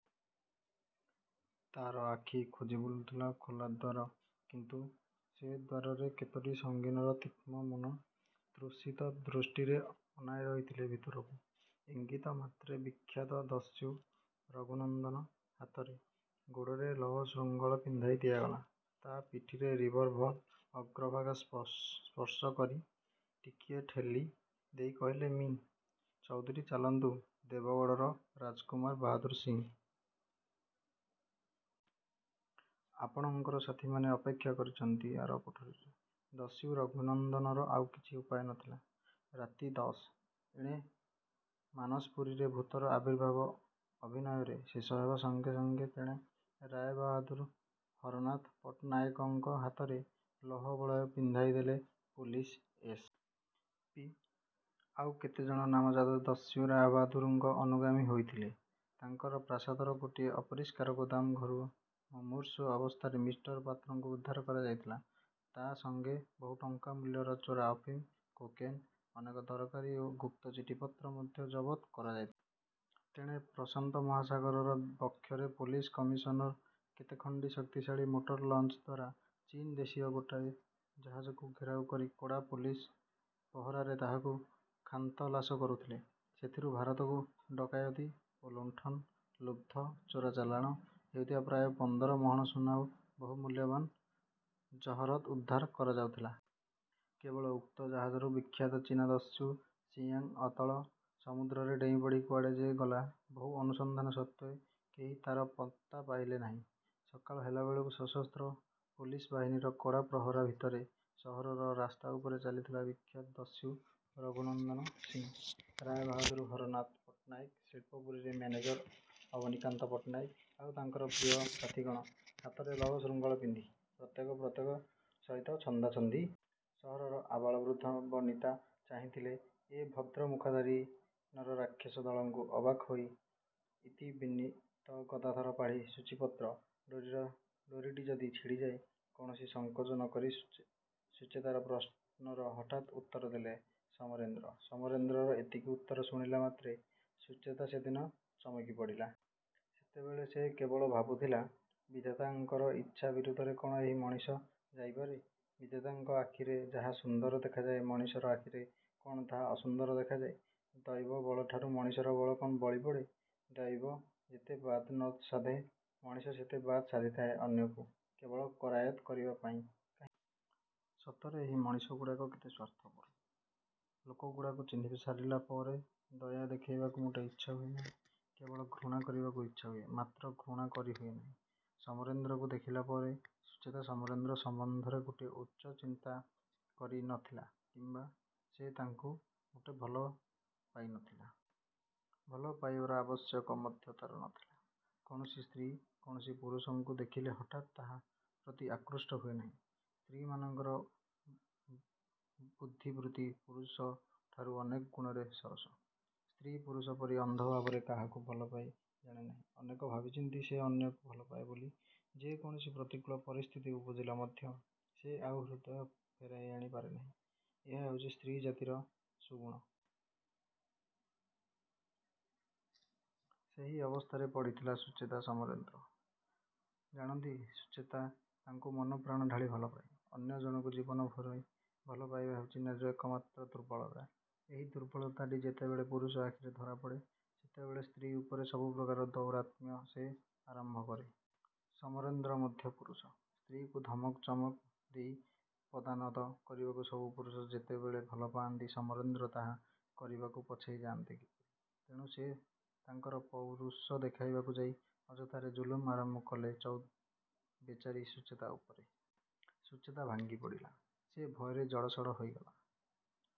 ତା'ର ଆଖି ଖୋଜି ବୁଲୁଥିଲା ଖୋଲା ଦ୍ୱାର। କିନ୍ତୁ ସେ ଦ୍ୱାରରେ କେତୋଟି ସଙ୍ଗୀନର ତୀକ୍ଷ୍ଣ ମୁନ ତୃଷିତ ଦୃଷ୍ଟିରେ ଅନାଇ ରହିଥିଲେ ଭିତରକୁ। ଇଙ୍ଗିତ ମାତ୍ରେ ବିଖ୍ୟାତ ଦସ୍ୟୁ ରଘୁନନ୍ଦନ ହାତରେ, ଗୋଡ଼ରେ ଲୌହ ଶୃଙ୍ଖଳ ପିନ୍ଧାଇ ଦିଆଗଲା। ତା' ପିଠିରେ ରିଭଲଭର୍ର ଅଗ୍ରଭାଗ ସ୍ପର୍ଶ କରି ଟିକିଏ ଠେଲି ଦେଇ କହିଲେ ମି: ଚୌଧୁରୀ-''ଚାଲନ୍ତୁ ଦେବୀଗଡ଼ର ରାଜକୁମାର ବାହାଦୂର ସିଂ! ଆପଣଙ୍କର ସାଥିମାନେ ଅପେକ୍ଷା କରିଛନ୍ତି ଆର କୋଠରୀରେ। '' ଦସ୍ୟୁ ରଘୁନନ୍ଦନର ଆଉ କିଛି ଉପାୟ ନଥିଲା। ରାତି ଦଶ- ଏଣେ ମାନସପୁରୀରେ ଭୂତର ଆବିର୍ଭାବ ଅଭିନୟରେ ଶେଷ ହେବା ସଙ୍ଗେ ସଙ୍ଗେ ତେଣେ ରାୟବାହାଦୂର ହରନାଥ ପଟ୍ଟନାୟକଙ୍କ ହାତରେ ଲୌହ ବଳୟ ପିନ୍ଧାଇଦେଇଥିଲେ ପୋଲିସ ଏସ୍. ପି। ଆଉ କେତେଜଣ ନାମଜାଦା ଦସ୍ୟୁ ରାୟବାହାଦୂରଙ୍କ ଅନୁଗାମୀ ହୋଇଥିଲେ-। ତାଙ୍କର ପ୍ରାସାଦର ଗୋଟାଏ ଅପରିଷ୍କାର ଗୋଦାମ ଘରୁ ମୁମୁର୍ଷୁ ଅବସ୍ଥାରେ ମିଷ୍ଟର ପାତ୍ରଙ୍କୁ ଉଦ୍ଧାର କରାଯାଇଥିଲା। ତା' ସଙ୍ଗେ ବହୁ ଟଙ୍କା ମୂଲ୍ୟର ଚୋରା ଅଫିମ, କୋକେନ୍, ଅନେକ ଦରକାରୀ ଓ ଗୁପ୍ତ ଚିଠି ପତ୍ର ମଧ୍ୟ ଜବଦ୍ କରାଯାଇଥିଲା। ତେଣେ ପ୍ରଶାନ୍ତ ମହାସାଗର ବକ୍ଷରେ ପୋଲିସ କମିଶନର କେତେଖଣ୍ଡି ଶକ୍ତିଶାଳୀ ମୋଟର ଲଞ୍ଚ ଦ୍ୱାରା ଚୀନ୍ ଦେଶୀୟ ଗୋଟାଏ ଜାହାଜକୁ ଘେରାଉ କରି କଡ଼ା ପୋଲିସ ପହରାରେ ତାହାକୁ ଖାନ୍ତଲାସ କରୁଥିଲେ। ସେଥିରୁ ଭାରତରୁ ଡକାୟତୀ ଓ ଲୁଣ୍ଠନ-ଲୁବ୍ଧ ଚୋରା ଚାଲାଣ ହେଉଥିବା ପ୍ରାୟ ପନ୍ଦର ମହଣ ସୁନା ଓ ବହୁ ମୂଲ୍ୟବାନ ଜହରତ୍ ଉଦ୍ଧାର କରାଯାଉଥିଲା। କେବଳ ଉକ୍ତ ଜାହାଜରୁ ବିଖ୍ୟାତ ଚୀନା ଦସ୍ୟୁ ଚିୟାଂ ଅତଳ ସମୁଦ୍ରରେ ଡେଇଁପଡ଼ି କୁଆଡ଼େ ଯେ ଗଲା, ବହୁ ଅନୁସନ୍ଧାନ ସତ୍ୱେ କେହି ତା'ର ପତ୍ତା ପାଇଲେ ନାହିଁ। ସକାଳ ହେଲାବେଳକୁ ସଶସ୍ତ୍ର ପୋଲିସ ବାହିନୀର କଡ଼ା ପହରା ଭିତରେ ସହରର ରାସ୍ତା ଉପରେ ଚାଲିଥିଲେ ବିଖ୍ୟାତ ଦସ୍ୟୁ ରଘୁନନ୍ଦନ ସିଂ, ରାୟବାହାଦୂର ହରନାଥ ପଟ୍ଟନାୟକ, ଶିଳ୍ପପୁରୀର ମ୍ୟାନେଜର ଅବନୀକାନ୍ତ ପଟ୍ଟନାୟକ, ଆଉ ତାଙ୍କର ପ୍ରିୟ ସାଥିଗଣ, ହାତରେ ଲୌହ ଶୃଙ୍ଖଳ ପିନ୍ଧି, ପ୍ରତ୍ୟେକ ପ୍ରତ୍ୟେକ ସହିତ ଛନ୍ଦା ହୋଇ। ସହରର ଆବାଳବୃଦ୍ଧବନିତା ଚାହିଁଥିଲେ ଏ ଭଦ୍ରମୁଖାଧାରୀ ନରରାକ୍ଷସ ଦଳଙ୍କୁ, ଅବାକ୍ ହୋଇ। ଇତି ବିନୀତ ଗଦାଧର ପାଢ଼ୀ ସୂଚୀପତ୍ର '' ''ଡୋରିଟି ଯଦି ଛିଡ଼ିଯାଏ! '' କୌଣସି ସଂକୋଚ ନ କରି ସୁଚେତାର ପ୍ରଶ୍ନର ହଠାତ୍ ଉତ୍ତରଦେଲେ ସମରେନ୍ଦ୍ର। ସମରେନ୍ଦ୍ରର ଏତିକି ଉତ୍ତର ଶୁଣିଲା ମାତ୍ରେ ସୁଚେତା ସେଦିନ ଚମକି ପଡ଼ିଲା। ସେତେବେଳେ ସେ କେବଳ ଭାବୁଥିଲା ବିଧାତାଙ୍କର ଇଚ୍ଛା ବିରୁଦ୍ଧରେ କ'ଣ ଏହି ମଣିଷ ଯାଇପାରେ? ବିଧାତାଙ୍କ ଆଖିରେ ଯାହା ସୁନ୍ଦର ଦେଖାଯାଏ ମଣିଷର ଆଖିରେ କ'ଣ ତାହା ଅସୁନ୍ଦର ଦେଖାଯାଏ? ଦୈବବଳଠାରୁ ମଣିଷର ବଳ କ'ଣ ବଳିପଡ଼େ? ଦୈବ ଯେତେ ବାଦ ନ ସାଧେ ମଣିଷ ସେତେ ବାଦ ସାଧିଥାଏ ଅନ୍ୟକୁ କେବଳ କରାୟତ୍ତ କରିବା ପାଇଁକି? ସତରେ ଏହି ମଣିଷଗୁଡ଼ାକ କେତେ ସ୍ୱାର୍ଥପର। ଲୋକଗୁଡ଼ାକୁ ଚିହ୍ନିସାରିଲା ପରେ ଦୟା ଦେଖେଇବାକୁ ମୋଟେ ଇଚ୍ଛା ହୁଏ ନାହିଁ। କେବଳ ଘୃଣା କରିବାକୁ ଇଚ୍ଛା ହୁଏ ମାତ୍ର ଘୃଣା କରିହୁଏ ନାହିଁ। ସମରେନ୍ଦ୍ରଙ୍କୁ ଦେଖିଲା ପରେ ସୁଚେତା ସମରେନ୍ଦ୍ର ସମ୍ୱନ୍ଧରେ କୌଣସି ଉଚ୍ଚ ଚିନ୍ତା କରି ନ ଥିଲା କିମ୍ୱା ସେ ତାଙ୍କୁ ମୋଟେ ଭଲପାଇ ନ ଥିଲା। ଭଲ ପାଇବାର ଆବଶ୍ୟକ ମଧ୍ୟ ତା'ର ନ ଥିଲା। କୌଣସି ସ୍ତ୍ରୀ କୌଣସି ପୁରୁଷକୁ ଦେଖିଲେ ହଠାତ୍ ତାହା ପ୍ରତି ଆକୃଷ୍ଟ ହୁଏ ନାହିଁ। ସ୍ତ୍ରୀମାନଙ୍କର ବୁଦ୍ଧିବୃତ୍ତି ପୁରୁଷଠାରୁ ଅନେକ ଗୁଣରେ ସରସ। ସ୍ତ୍ରୀ ପୁରୁଷ ପରି ଅନ୍ଧ ଭାବରେ କାହାକୁ ଭଲପାଇ ଜାଣେନାହିଁ। ଅନେକ ଭାବିଚିନ୍ତି ସେ ଅନ୍ୟକୁ ଭଲପାଏ ବୋଲି ଯେ କୌଣସି ପ୍ରତିକୂଳ ପରିସ୍ଥିତି ଉପୁଜିଲେ ମଧ୍ୟ ସେ ଆଉ ହୃଦୟ ଫେରାଇ ଆଣି ପାରେନାହିଁ ଏହା ହେଉଛି ସ୍ତ୍ରୀ ଜାତିର ସୁଗୁଣ। ସେହି ଅବସ୍ଥାରେ ପଡ଼ିଥିଲା ସୁଚେତା। ସମରେନ୍ଦ୍ର ଜାଣନ୍ତି ସୁଚେତା ତାଙ୍କୁ ମନପ୍ରାଣ ଢାଳି ଭଲପାଏ। ଅନ୍ୟ ଜଣକୁ ଜୀବନ ଭରି ଭଲ ପାଇବା ହେଉଛି ନାରୀର ଏକମାତ୍ର ଦୁର୍ବଳତା। ଏହି ଦୁର୍ବଳତାଟି ଯେତେବେଳେ ପୁରୁଷ ଆଖିରେ ଧରାପଡ଼େ, ସେତେବେଳେ ସ୍ତ୍ରୀ ଉପରେ ସବୁପ୍ରକାର ଦୌରାତ୍ମ୍ୟ ସେ ଆରମ୍ଭ କରେ। ସମରେନ୍ଦ୍ର ମଧ୍ୟ ପୁରୁଷ। ସ୍ତ୍ରୀକୁ ଧମକ ଚମକ ଦେଇ ପଦାନତ କରିବାକୁ ସବୁ ପୁରୁଷ ଯେତେବେଳେ ଭଲ ପାଆନ୍ତି ସମରେନ୍ଦ୍ର ତାହା କରିବାକୁ ପଛେଇ ଯାଆନ୍ତେ କିପରି? ତେଣୁ ସେ ତାଙ୍କର ପୌରୁଷ ଦେଖାଇବାକୁ ଯାଇ ଅଯଥାରେ ଜୁଲୁମ ଆରମ୍ଭ କଲେ ବେଚାରୀ ସୁଚେତା ଉପରେ। ସୁଚେତା ଭାଙ୍ଗିପଡ଼ିଲା। ସେ ଭୟରେ ଜଡ଼ସଡ଼ ହୋଇଗଲା।